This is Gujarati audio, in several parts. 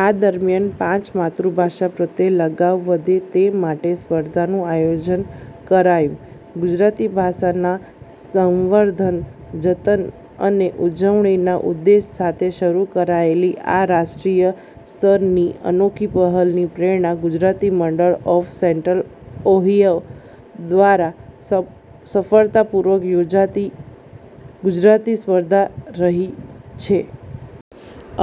આ દરમિયાન પાંચ માતૃભાષા પ્રત્યે લગાવ વધે તે માટે સ્પર્ધાનું આયોજન કરાયું ગુજરાતી ભાષાના સંવર્ધન, જતન અને ઉજવણીના ઉદ્દેશ સાથે શરૂ કરાયેલી આ રાષ્ટ્રીય સ્તરની અનોખી પહેલની પ્રેરણા ગુજરાતી મંડળ ઓફ સેન્ટ્રલ ઓહીયો દ્વારા સફળતાપૂર્વક યોજાતી ગુજરાતી સ્પર્ધા રહી છે.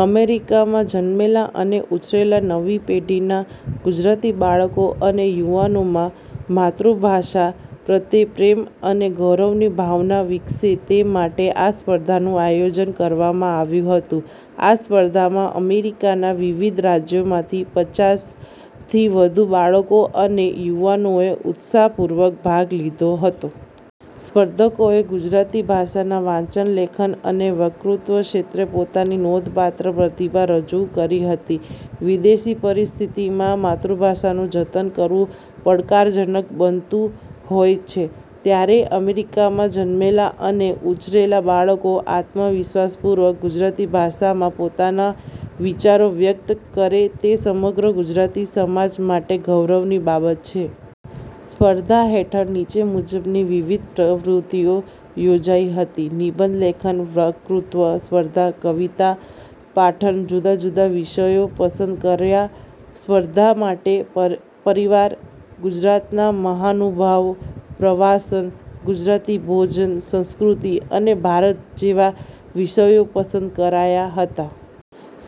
અમેરિકામાં જન્મેલા અને ઉછરેલા નવી પેઢીના ગુજરાતી બાળકો અને યુવાનોમાં માતૃભાષા પ્રત્યે પ્રેમ અને ગૌરવની ભાવના વિકસે તે માટે આ સ્પર્ધાનું આયોજન કરવામાં આવ્યું હતું. આ સ્પર્ધામાં અમેરિકાના વિવિધ રાજ્યોમાંથી પચાસ થી વધુ બાળકો અને યુવાનોએ ઉત્સાહપૂર્વક ભાગ લીધો હતો. સ્પર્ધકોએ ગુજરાતી ભાષાના વાંચન, લેખન અને વક્તૃત્વ ક્ષેત્રે પોતાની નોંધપાત્ર પ્રતિભા રજૂ કરી હતી. વિદેશી પરિસ્થિતિમાં માતૃભાષાનું જતન કરવું પડકારજનક બનતું હોય છે ત્યારે અમેરિકામાં જન્મેલા અને ઉછરેલા બાળકો આત્મવિશ્વાસપૂર્વક ગુજરાતી ભાષામાં પોતાના વિચારો વ્યક્ત કરે તે સમગ્ર ગુજરાતી સમાજ માટે ગૌરવની બાબત છે. સ્પર્ધા હેઠળ નીચે મુજબની વિવિધ પ્રવૃત્તિઓ યોજાઇ હતી નિબંધ લેખન વક્તૃત્વ સ્પર્ધા કવિતા પાઠન જુદા-જુદા વિષયો પસંદ કરાયા સ્પર્ધા માટે પરિવાર, ગુજરાતના મહાનુભાવો, પ્રવાસન, ગુજરાતી ભોજન, સંસ્કૃતિ અને ભારત જેવા વિષયો પસંદ કરાયા હતા.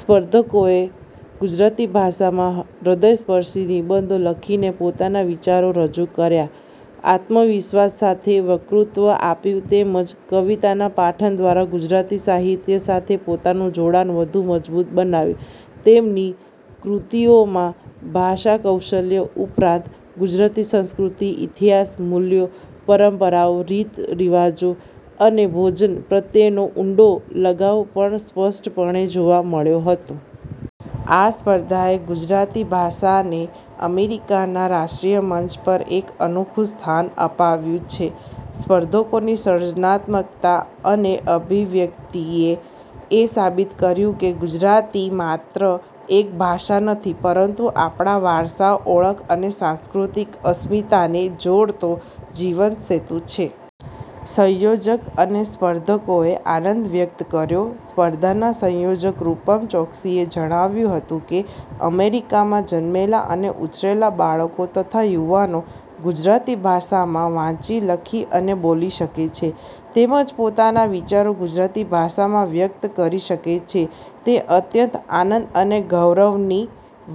સ્પર્ધકોએ ગુજરાતી ભાષામાં હૃદયસ્પર્શી નિબંધો લખીને પોતાના વિચારો રજૂ કર્યા. આત્મવિશ્વાસ સાથે વક્તૃત્વ આપ્યું તેમજ કવિતા પાઠન દ્વારા ગુજરાતી સાહિત્ય સાથે પોતાનું જોડાણ વધુ મજબૂત બનાવ્યું. તેમની કૃતિઓમાં ભાષાકૌશલ્ય ઉપરાંત ગુજરાતી સંસ્કૃતિ, ઇતિહાસ, મૂલ્યો, પરંપરાઓ, રીત-રિવાજો અને ભોજન પ્રત્યેનો ઊંડો લગાવ પણ સ્પષ્ટપણે જોવા મળ્યો હતો. આ સ્પર્ધાએ ગુજરાતી ભાષાને અમેરિકાના રાષ્ટ્રીય મંચ પર એક અનોખું સ્થાન અપાવ્યું છે. સ્પર્ધકોની સર્જનાત્મકતા અને અભિવ્યક્તિએ એ સાબિત કર્યું કે ગુજરાતી માત્ર એક ભાષા નથી પરંતુ આપણા વારસા, ઓળખ અને સાંસ્કૃતિક અસ્મિતાને જોડતો જીવંત સેતુ છે. સંયોજક અને સ્પર્ધકોએ આનંદ વ્યક્ત કર્યો સ્પર્ધાના સંયોજક રૂપમ ચોક્સીએ જણાવ્યું હતું કે, અમેરિકામાં જન્મેલા અને ઉછરેલા બાળકો તથા યુવાનો ગુજરાતી ભાષામાં વાંચી, લખી અને બોલી શકે છે તેમજ પોતાના વિચારો ગુજરાતી ભાષામાં વ્યક્ત કરી શકે છે, તે અત્યંત આનંદ અને ગૌરવની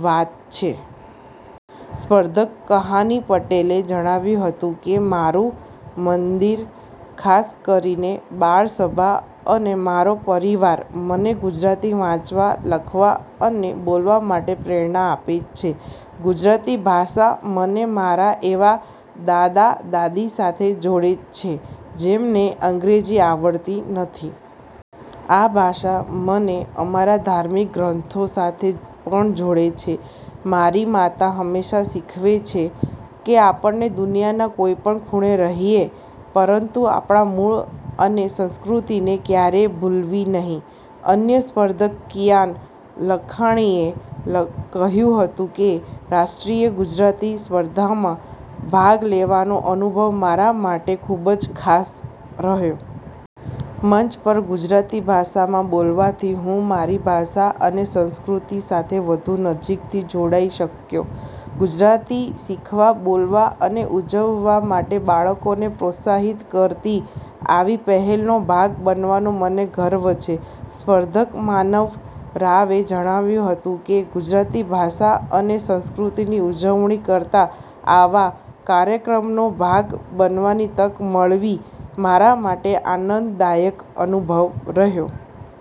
વાત છે. સ્પર્ધક કહાની પટેલે જણાવ્યું હતું કે, મારું મંદિર, ખાસ કરીને બાળસભા અને મારો પરિવાર મને ગુજરાતી વાંચવા, લખવા અને બોલવા માટે પ્રેરણા આપે છે. ગુજરાતી ભાષા મને મારા એવા દાદા-દાદી સાથે જોડે છે જેમને અંગ્રેજી આવડતી નથી. આ ભાષા મને અમારા ધાર્મિક ગ્રંથો સાથે પણ જોડે છે. મારી માતા હંમેશાં શીખવે છે કે આપણે દુનિયાના કોઈપણ ખૂણે રહીએ, પરંતુ આપણા મૂળ અને સંસ્કૃતિને ક્યારેય ભૂલવી નહીં. અન્ય સ્પર્ધક કિયાન લાખાણીએ કહ્યું હતું કે, રાષ્ટ્રીય ગુજરાતી સ્પર્ધામાં ભાગ લેવાનો અનુભવ મારા માટે ખૂબ જ ખાસ રહ્યો. મંચ પર ગુજરાતી ભાષામાં બોલવાથી હું મારી ભાષા અને સંસ્કૃતિ સાથે વધુ નજીકથી જોડાઈ શક્યો. ગુજરાતી શીખવા, બોલવા અને ઉજવવા માટે બાળકોને પ્રોત્સાહિત કરતી આવી પહેલનો ભાગ બનવાનો મને ગર્વ છે. સ્પર્ધક માનવ રાવે જણાવ્યું હતું કે, ગુજરાતી ભાષા અને સંસ્કૃતિની ઉજવણી કરતા આવા કાર્યક્રમનો ભાગ બનવાની તક મળવી મારા માટે આનંદદાયક અનુભવ રહ્યો.